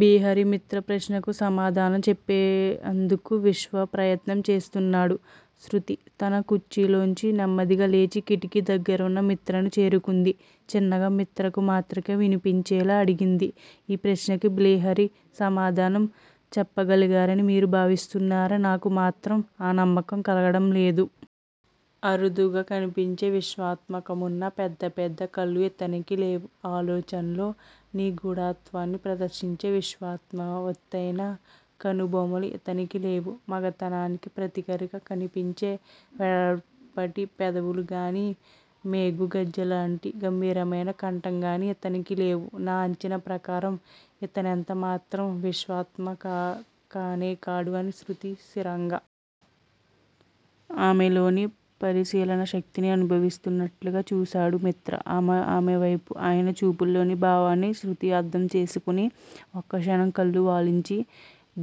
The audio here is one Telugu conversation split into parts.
బిహరి మిత్ర ప్రశ్నకు సమాధానం చెప్పేందుకు విశ్వప్రయత్నం చేస్తున్నాడు. శృతి తన కుర్చీలోంచి నెమ్మదిగా లేచి కిటికి దగ్గరున్న మిత్రను చేరుకుంది. చిన్నగా మిత్రకు మాత్రమే వినిపించేలా అడిగింది. మీ ప్రశ్నకి బిహ్లరి సమాధానం చెప్పగలరని మీరు భావిస్తున్నారా? నాకు మాత్రం ఆ నమ్మకం కలగడం లేదు. అరుదుగా కనిపించే విశ్వాత్మకున్న పెద్ద పెద్ద కళ్ళు ఇతనికి లేవు. ఆలోచనల్లో నిగూఢత్వాన్ని ప్రదర్శించే విశ్వాత్మ ఒత్తయిన కనుబొమలు ఇతనికి లేవు. మగతనానికి ప్రతీకరిగా కనిపించే వెడుపాటి పెదాలుగానీ, మేఘగర్జనలాంటి గంభీరమైన కంఠంగానీ ఇతనికి లేవు. నా అంచనా ప్రకారం ఇతనెంత మాత్రం విశ్వాత్మ కానేకాడు అంది శృతి స్థిరంగా. ఆమెలోని పరిశీలనాశక్తిని అభినందిస్తున్నట్లుగా చూశాడు మిత్ర ఆమెవైపు. ఆయన చూపులోని భావాన్ని శృతి అర్థం చేసుకొని ఒక్కక్షణం కళ్ళు వాల్చింది.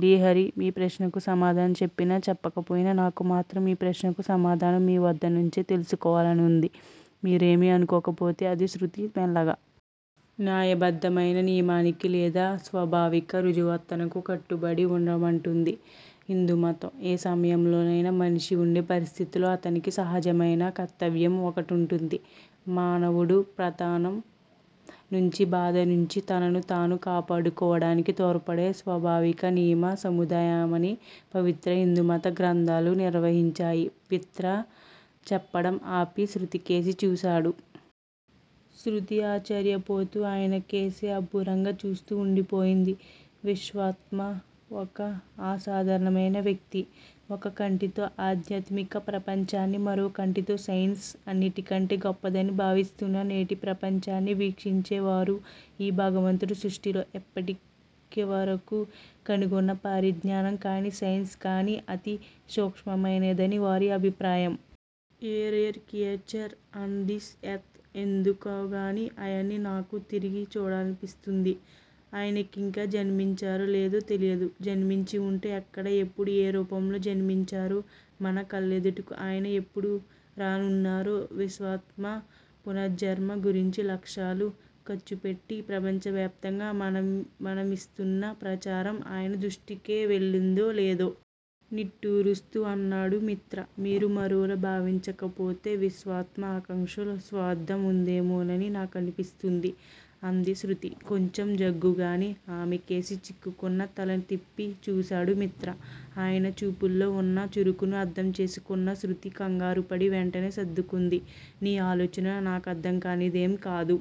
బిల్హరి మీ ప్రశ్నకు సమాధానం చెప్పినా, చెప్పకపోయినా నాకు మాత్రం మీ ప్రశ్నకు సమాధానం మీ వద్దనుంచే తెలుసుకోవాలని వుంది. మీరేమీ అనుకోకపోతే అది శృతి మెల్లగా. న్యాయబద్ధమైన నియమానికి లేదా స్వాభావిక రుజువర్తనకు కట్టుబడి వుండమంటుంది హిందూమతం. ఏ సమయంలోనైనా మనిషి వుండే పరిస్థితుల్లో అతనికి సహజమైన కర్తవ్యం ఒకటుంటుంది, మానవుడు పతానం నుంచి, బాధ నుంచి తనను తాను కాపాడుకోవడానికి తోడ్పడే స్వాభావిక నియమ సముదాయమని పవిత్ర హిందూమత గ్రంథాలు నిర్వహించాయి మిత్ర చెప్పడం ఆపి శృతి కేసి చూశాడు. శృతి ఆశ్చర్యపోతూ ఆయనకేసే అబ్బురంగా చూస్తూ వుండిపోయింది. విశ్వాత్మ ఒక అసాధారణమైన వ్యక్తి. ఒక కంటితో ఆధ్యాత్మిక ప్రపంచాన్ని, మరో కంటితో సైన్స్ అన్నిటికంటే గొప్పదని భావిస్తున్న నేటి ప్రపంచాన్ని వీక్షించేవారు. ఈ భగవంతుడు సృష్టిలో ఎప్పటివరకు కనుగొన్న పరిజ్ఞానం కానీ, సైన్స్ కానీ అతి సూక్ష్మమైనదని వారి అభిప్రాయం. A rare creature on this earth- ఎందుకోగానీ ఆయన్ని నాకు తిరిగి చూడాలనిపిస్తోంది. ఆయనింకా జన్మించారో లేదో తెలియదు. జన్మించి వుంటే ఎక్కడ ఎప్పుడు ఏ రూపంలో జన్మించారో? మన కళ్ళెదుటకు ఆయన ఎప్పుడు రానున్నారో? విశ్వాత్మ పునర్జన్మ గురించి లక్షాలు ఖర్చుపెట్టి ప్రపంచవ్యాప్తంగా మనమిస్తున్న ప్రచారం ఆయన దృష్టి కెళ్ళిందో లేదో? నిట్టూరుస్తూ అన్నాడు మిత్ర. మీరు మరోలా భావించకపోతే- విశ్వాత్మ ఆకాంక్షలో స్వార్థం వుందేమోనని నాకనిపిస్తోంది అంది శృతి కొంచెం జగ్గుగానే. ఆమెకేసి చివుక్కున తల తిప్పి చూశాడు మిత్ర. ఆయన చూపుల్లో వున్న చురుకును అర్థం చేసుకున్న శృతి కంగారుపడి వెంటనే సర్దుకుంది. నీ ఆలోచన నాకర్థంకానిదేం కాదు.